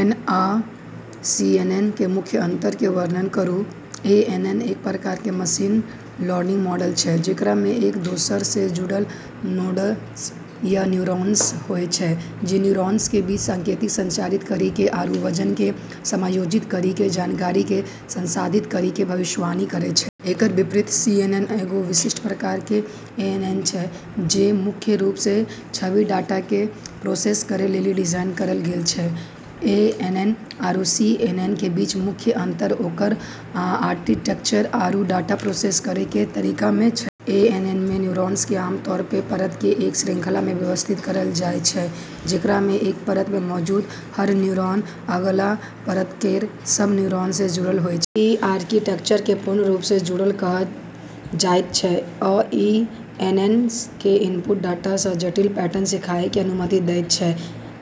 N आ CNN के मुख्य अंतर के वर्णन करू एएनएन एक प्रकार के मशीन लर्निंग मॉडल छै जेकरा म॑ एक दोसरा स॑ जुड़लऽ नोड्स या न्यूरॉन्स होय छै जे न्यूरॉन्स के बीच संकेत संचारित करी क॑ आरू वजन क॑ समायोजित करी क॑ जानकारी क॑ संसाधित करी क॑ भविष्यवाणी करै छै। एकरऽ विपरीत, सीएनएन एगो विशिष्ट प्रकार के एएनएन छै जे मुख्य रूप स॑ छवि डाटा क॑ प्रोसेस करै लेली डिजाइन करलऽ गेलऽ छै। एएनएन आरू सीएनएन के बीच मुख्य अंतर ओकरऽ आर्किटेक्चर आरू डाटा प्रोसेस करै के तरीका म॑ छै। एएनएन म॑ न्यूरॉन्स क॑ आम तौर प॑ परतऽ के एक श्रृंखला म॑ व्यवस्थित करलऽ जाय छै, जेकरा म॑ एक परत म॑ मौजूद हर न्यूरॉन अगला परत केरऽ सब न्यूरॉन स॑ जुड़लऽ होय छै। इ आर्किटेक्चर कें पूर्ण रूप सं जुड़ल कहल जायत छै, आ इ एएनएन कें इनपुट डाटा सं जटिल पैटर्न सीखय कें अनुमति देयत छै.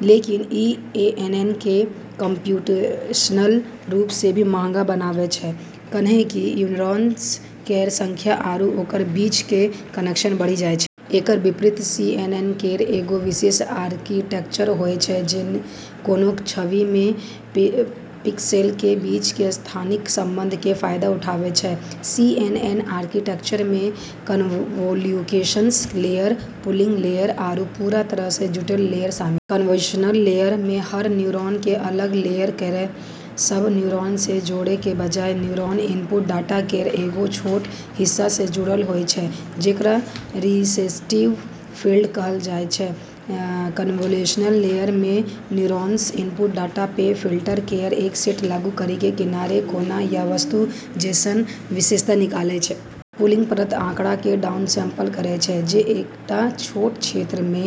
लेकिन, ई एएनएन क॑ कम्प्यूटेशनल रूप स॑ भी महंगा बनाबै छै, कैन्हेंकि न्यूरॉन्स केरऽ संख्या आरू ओकरऽ बीच के कनेक्शन बढ़ी जाय छै। एकरऽ विपरीत, सीएनएन केरऽ एगो विशेष आर्किटेक्चर होय छै जे कोनो छवि म॑ पिक्सेल के बीच के स्थानिक संबंध के फायदा उठाबै छै। सीएनएन आर्किटेक्चर म॑ कन्वोल्यूशनल लेयर, पूलिंग लेयर, आरू पूरा तरह स॑ जुड़लऽ लेयर शामिल छै। कन्वोल्यूशनल लेयरऽ म॑ हर न्यूरॉन क॑ अगला लेयर केरऽ सब न्यूरॉन स॑ जोड़ै के बजाय न्यूरॉन इनपुट डाटा केरऽ एगो छोटऽ हिस्सा स॑ जुड़लऽ होय छै, जेकरा रिसेप्टिव फील्ड कहलऽ जाय छै। कन्वोल्यूशनल लेयर म॑ न्यूरॉन्स इनपुट डाटा प॑ फिल्टर केरऽ एक सेट लागू करी क॑ किनारे, कोना या वस्तु जैसनऽ विशेषता निकालै छै। पूलिंग परतक आँकड़ा कें डाउनसैंपल करय छै, जे एकटा छोट क्षेत्र मे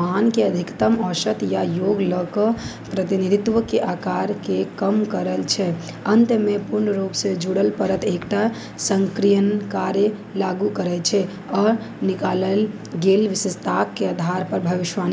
मान कें अधिकतम, औसत या योग ल क प्रतिनिधित्व कें आकार कें कम करय छै. अंत मे, पूर्ण रूप सं जुड़ल परत एकटा सक्रियण कार्य लागू करय छै आ निकालल गेल विशेषताक कें आधार पर भविष्यवाणी करय छै.